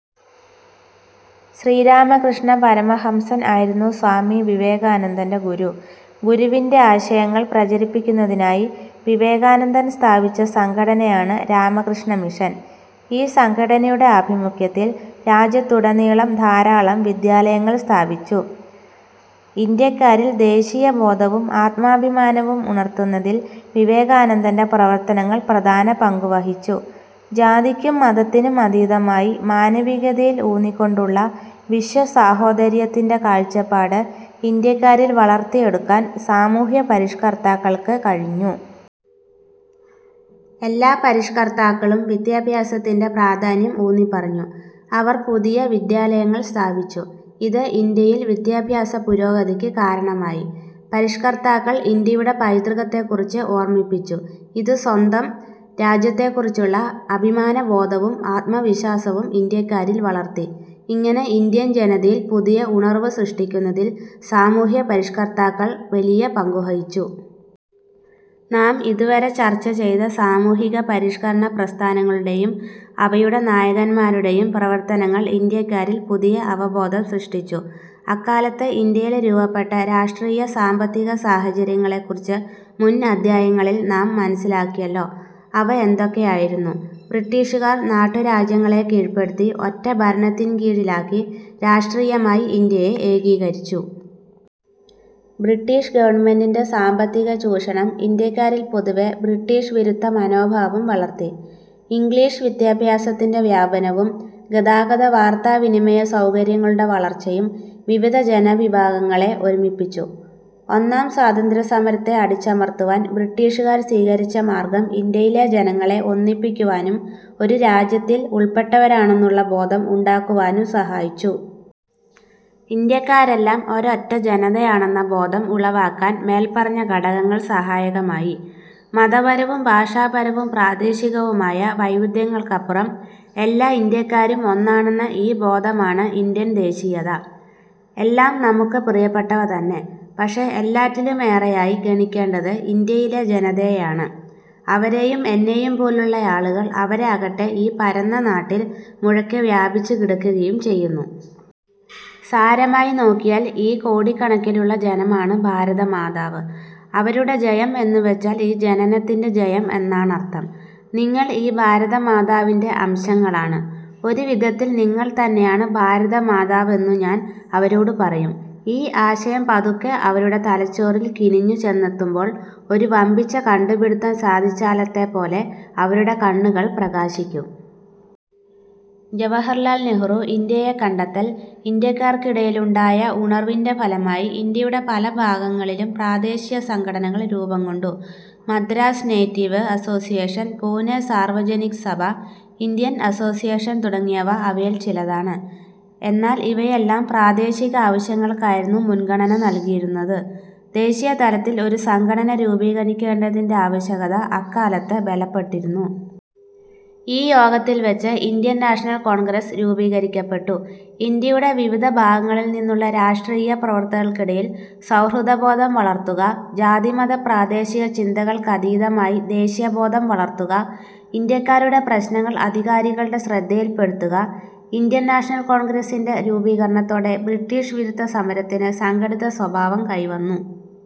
" ശ്രീരാമകൃഷ്ണപരമ ഹംസൻ ആയിരുന്നു സ്വാമി വിവേകാനന്ദന്റെ ഗുരു. ഗുരുവിന്റെ ആശയങ്ങൾ പ്രചരിപ്പിക്കുന്നതിനായി വിവേകാനന്ദൻ സ്ഥാപിച്ച സംഘടനയാണ് രാമകൃഷ്ണ മിഷൻ. ഈ സംഘടനയുടെ ആഭിമുഖ്യത്തിൽ രാജ്യത്തുടനീളം ധാരാളം വിദ്യാലയങ്ങൾ സ്ഥാപിച്ചു. ഇന്ത്യക്കാരിൽ ദേശീയബോധവും ആത്മാഭിമാനവും ഉണർത്തുന്നതിൽ വിവേകാനന്ദന്റെ പ്രവർത്തനങ്ങൾ പ്രധാന പങ്കുവഹിച്ചു. ജാതിക്കും മതത്തിനും അതീതമായി മാനവികതയിൽ ഊന്നിക്കൊണ്ടുള്ള വിശ്വസാഹോദര്യത്തിന്റെ കാഴ്ചപ്പാട് ഇന്ത്യക്കാരിൽ വളർത്തിയെടുക്കാൻ സാമൂഹ്യപരിഷ്കർത്താക്കൾക്ക് കഴിഞ്ഞു. എല്ലാ പരിഷ്കർത്താക്കളും വിദ്യാഭ്യാസത്തിന്റെ പ്രാധാന്യം ഊന്നിപ്പറഞ്ഞു. അവർ പുതിയ വിദ്യാലയങ്ങൾ സ്ഥാപിച്ചു. ഇത് ഇന്ത്യയിൽ വിദ്യാഭ്യാസപുരോഗതിക്ക് കാരണമായി. പരിഷ്കർത്താക്കൾ ഇന്ത്യയുടെ പൈതൃകത്തെക്കുറിച്ച് ഓർമ്മിപ്പിച്ചു. ഇത് സ്വന്തം രാജ്യത്തെക്കുറിച്ചുള്ള അഭിമാനബോധവും ആത്മവിശ്വാസവും ഇന്ത്യക്കാരിൽ വളർത്തി. ഇങ്ങനെ ഇന്ത്യൻ ജനതയിൽ പുതിയ ഉണർവ് സൃഷ്ടിക്കുന്നതിൽ സാമൂഹ്യപരിഷ്കർത്താക്കൾ വലിയ പങ്കുവഹിച്ചു. നാം ഇതുവരെ ചർച്ച ചെയ്ത സാമൂഹിക പരിഷ്കരണ പ്രസ്ഥാനങ്ങളുടെയും അവയുടെ നായകൻമാരുടെയും പ്രവർത്തനങ്ങൾ ഇന്ത്യാക്കാരിൽ പുതിയ അവബോധം സൃഷ്ടിച്ചു. അക്കാലത്ത് ഇന്ത്യയിൽ രൂപപ്പെട്ട രാഷ്ട്രീയ-സാമ്പത്തിക സാഹചര്യങ്ങളെക്കുറിച്ച് മുൻ അധ്യായങ്ങളിൽ നാം മനസ്സിലാക്കിയല്ലോ. അവ എന്തൊക്കെയായിരുന്നു? ബ്രിട്ടീഷുകാർ നാട്ടുരാജ്യങ്ങളെ കീഴ്പ്പെടുത്തി ഒറ്റ ഭരണത്തിൻ കീഴിലാക്കി രാഷ്ട്രീയമായി ഇന്ത്യയെ ഏകീകരിച്ചു. ബ്രിട്ടീഷ് ഗവൺമെന്റിന്റെ സാമ്പത്തിക ചൂഷണം ഇന്ത്യക്കാരിൽ പൊതുവെ ബ്രിട്ടീഷ് വിരുദ്ധ മനോഭാവം വളർത്തി. ഇംഗ്ലീഷ് വിദ്യാഭ്യാസത്തിന്റെ വ്യാപനവും ഗതാഗത-വാർത്താവിനിമയ സൗകര്യങ്ങളുടെ വളർച്ചയും വിവിധ ജനവിഭാഗങ്ങളെ ഒരുമിപ്പിച്ചു. ഒന്നാം സ്വാതന്ത്ര്യസമരത്തെ അടിച്ചമർത്തുവാൻ ബ്രിട്ടീഷുകാർ സ്വീകരിച്ച മാർഗ്ഗം ഇന്ത്യയിലെ ജനങ്ങളെ ഒന്നിപ്പിക്കുവാനും ഒരു രാജ്യത്തിൽ ഉൾപ്പെട്ടവരാണെന്നുള്ള ബോധം ഉണ്ടാക്കുവാനും സഹായിച്ചു. ഇന്ത്യക്കാരെല്ലാം ഒരൊറ്റ ജനതയാണെന്ന ബോധം ഉളവാക്കാൻ മേൽപ്പറഞ്ഞ ഘടകങ്ങൾ സഹായകമായി. മതപരവും ഭാഷാപരവും പ്രാദേശികവുമായ വൈവിധ്യങ്ങൾക്കപ്പുറം എല്ലാ ഇന്ത്യാക്കാരും ഒന്നാണെന്ന ഈ ബോധമാണ് ഇന്ത്യൻ ദേശീയത. എല്ലാം നമുക്കു പ്രിയപ്പെട്ടവതന്നെ. പക്ഷേ എല്ലാറ്റിലുമേറെയായി ഗണിക്കേണ്ടത് ഇന്ത്യയിലെ ജനതയെയാണ്. അവരെയും എന്നെയും പോലുള്ള ആളുകൾ. അവരാകട്ടെ ഈ പരന്ന നാട്ടിൽ മുഴുക്കെ വ്യാപിച്ചു കിടക്കുകയും ചെയ്യുന്നു. സാരമായി നോക്കിയാൽ ഈ കോടിക്കണക്കിലുള്ള ജനമാണ് ഭാരതമാതാവ്. അവരുടെ ജയം എന്നുവെച്ചാൽ ഈ ജനത്തിന്റെ ജയം എന്നാണർത്ഥം. നിങ്ങൾ ഈ ഭാരതമാതാവിന്റെ അംശങ്ങളാണ്. ഒരു വിധത്തിൽ നിങ്ങൾ തന്നെയാണ് ഭാരതമാതാവ് എന്നു ഞാൻ അവരോടു പറയും. ഈ ആശയം പതുക്കെ അവരുടെ തലച്ചോറിൽ കിനിഞ്ഞു ചെന്നെത്തുമ്പോൾ, ഒരു വമ്പിച്ച കണ്ടുപിടിത്തം സാധിച്ചാലത്തെപ്പോലെ അവരുടെ കണ്ണു കൾ പ്രകാശിക്കും. ജവഹർലാൽ നെഹ്റു ഇന്ത്യയെ കണ്ടെത്തൽ ഇന്ത്യക്കാർക്കിടയിലുണ്ടായ ഉണർവിന്റെ ഫലമായി ഇന്ത്യയുടെ പല ഭാഗങ്ങളിലും പ്രാദേശിക സംഘടനകൾ രൂപംകൊണ്ടു. Madras native association, Poona Sarvajanik Sabha, Indian association തുടങ്ങിയവ അവയിൽ ചിലതാണ്. എന്നാൽ ഇവയെല്ലാം പ്രാദേശിക ആവശ്യങ്ങൾക്കായിരുന്നു മുൻഗണന നൽകിയിരുന്നത്. ദേശീയതലത്തിൽ ഒരു സംഘടന രൂപീകരിക്കേണ്ടതിന്റെ ആവശ്യകത അക്കാലത്ത് ബലപ്പെട്ടിരുന്നു. ഈ യോഗത്തിൽ വച്ച് ഇന്ത്യൻ നാഷണൽ കോൺഗ്രസ് രൂപീകരിക്കപ്പെട്ടു. ഇന്ത്യയുടെ വിവിധ ഭാഗങ്ങളിൽനിന്നുള്ള രാഷ്ട്രീയ പ്രവർത്തകർക്കിടയിൽ സൗഹൃദ ബോധം വളർത്തുക. ജാതി-മത-പ്രാദേശിക ചിന്തകൾക്കതീതമായി ദേശീയബോധം വളർത്തുക. ഇന്ത്യക്കാരുടെ പ്രശ്നങ്ങൾ അധികാരികളുടെ ശ്രദ്ധയിൽപ്പെടുത്തുക. ഇന്ത്യൻ നാഷണൽ കോൺഗ്രസിന്റെ രൂപീകരണത്തോടെ ബ്രിട്ടീഷ് വിരുദ്ധ സമരത്തിന് സംഘടിത സ്വഭാവം കൈവന്നു.